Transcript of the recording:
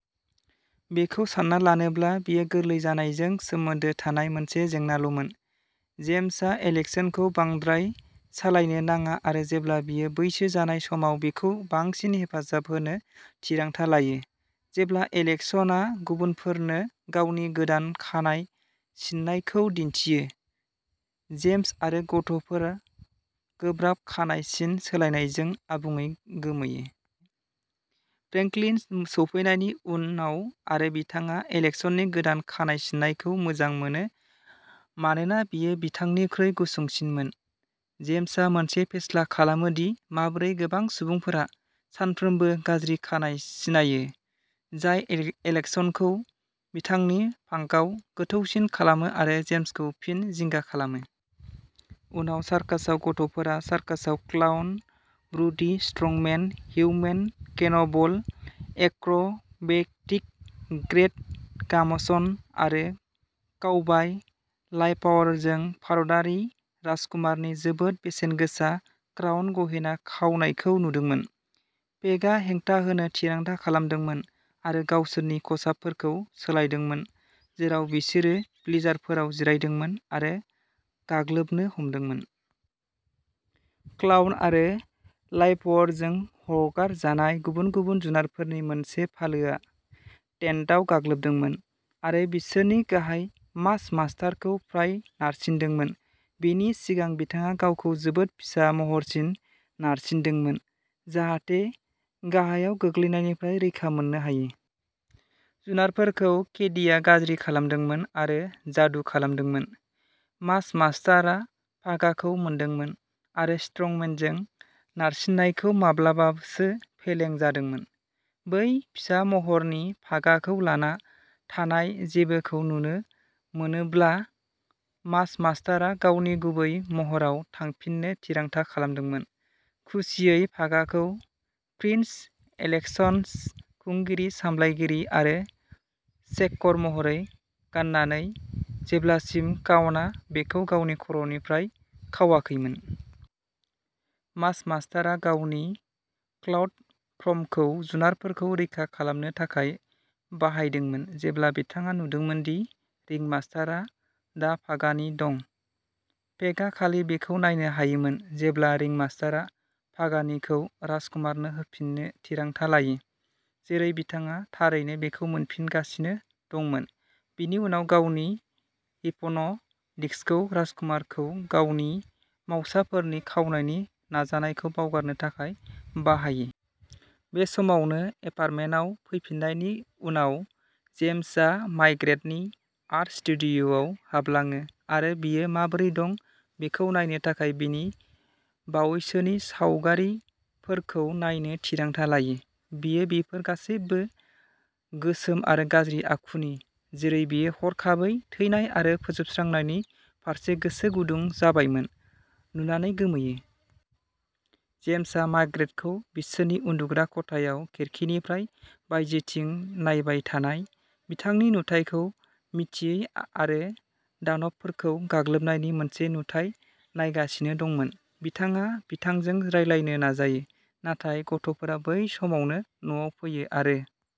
बेखौ सानना लानोब्ला बेयो गोरलै जानायजों सोमोन्दो थानाय मोनसे जेंनाल'मोन। जेम्स आ एलेकसनखौ बांद्राय सालायनो नाङा आरो जेब्ला बियो बैसो जानाय समाव बिखौ बांसिन हेफाजाब होनो थिरांथा लायो। जेब्ला एलेकसनआ गुबुनफोरनो गावनि गोदान खानाय सिननायखौ दिन्थियो, जेम्स आरो गथ'फोर गोब्राब खानाय सिन सोलायनायजों आबुङै गोमोयो। फ्रेंकलिन सौफैनायनि उनाव आरो बिथाङा एलेकसन नि गोदान खानाय सिननायखौ मोजां मोनो मानोना बेयो बिथांनिख्रुइ गुसुंसिनमोन, जेम्स आ मोनसे फेस्ला खालामो दि माबोरै गोबां सुबुंफोरा सानफ्रोमबो गाज्रि खानाय सिनायो, जाय एलिक एलेकसन खौ बिथांनि फांकआव गोथौसिन खालामो आरो जेम्स खौ फिन जिंगा खालामो। उनाव सार्कासआव गथ'फोरा circus clown, brute the strongman, human cannonball, acrobatic great गाम्ब'न'स आरो काउबाय लाइभवायरजों भारतारि राजकुमारनि जोबोद बेसेनगोसा क्राउन गहेना खावनायखौ नुदोंमोन। पेकआ हेंथा होनो थिरांथा खालामदोंमोन आरो गावसोरनि खसाबफोरखौ सोलायदोंमोन, जेराव बिसोरो ब्लिचारफोराव जिरायदोंमोन आरो गाग्लोबनो हमदोंमोन। क्लाउन आरो लाइभवायरजों हगारजानाय गुबुन गुबुन जुनारफोरनि मोनसे फालोआ टेन्टआव गाग्लोबदोंमोन आरो बिसोरनि गाहायाव मास मास्टार खौ फ्राय नारसिन्दोंमोन, बेनि सिगां बिथाङा गावखौ जोबोद फिसा महरसिम नारसिन्दोंमोन जाहाथे गाहायाव गोग्लैनायनिफ्राय रैखा मोननो हायो। जुनारफोरखौ केडीआ गाज्रि खालामदोंमोन आरो जादु खालामदोंमोन। मास मास्टार आ पागाखौ मोनदोंमोन आरो स्ट्रंमेनजों नारसिन्नायखौ माब्लाबासो फेलें जादोंमोन। बै फिसा महरनि पागाखौ लाना थानाय जेबोखौ नुनो मोनोब्ला, मास मास्टार आ गावनि गुबै महरआव थांफिननो थिरांथा लादोंमोन, खुसियै पागाखौ प्रिन्स एलेक्सन खुंगिरि, सालायगिरि आरो शेकर महरै गाननानै जेब्लासिम क्लाउनआ बेखौ गावनि खर'निफ्राय खावाखैमोन। मास मास्टार आ गावनि क्लाउट फर्मखौ जुनारफोरखौ रैखा खालामनो थाखाय बाहायदोंमोन जेब्ला बिथाङा नुदोंमोन दि रिंमास्टारहा दा पागानि दं। पेकआ खालि बेखौ नायनो हायोमोन जेब्ला रिंमास्टारआ पागानिखौ राजकुमारनो होफिननो थिरांथा लायो, जेरै बिथाङा थारैनो बेखौ मोनफिनगासिनो दंमोन, बेनि उनाव गावनि हिपन' डिस्कखौ राजकुमारखौ गावनि मावसाफोरनि खावनायनि नाजानायखौ बावगारनो थाखाय बाहायो। बे समावनो, एपार्टमेन्टआव फैफिन्नायनि उनाव, जेम्स आ मार्ग्रेट नि आर्ट स्टुडिय'आव हाबलाङो आरो बियो माबोरै दं बेखौ नायनो थाखाय बिनि बावैसोनि सावगारिफोरखौ नायनो थिरांथा लायो। बियो बेफोर गासैबो गोसोम आरो गाज्रि आखुनि, जेरै बियो हरखाबै थैनाय आरो फोजोबस्रांनायनि फारसे गोसो गुदुं जाबायमोन, नुनानै गोमोयो। जेम्सआ मार्ग्रेट खौ बिसोरनि उन्दुग्रा खथायाव खिरखिनिफ्राय बायजोथिं नायबाय थानाय, बिथांनि नुथायखौ मिथियै आरो दानबफोरखौ गाग्लोबनायनि मोनसे नुथाय नायगासिनो दंमोन। बिथाङा बिथांजों रायलायनो नाजायो, नाथाय गथ'फोरा बै समावनो न'आव फैयो आरो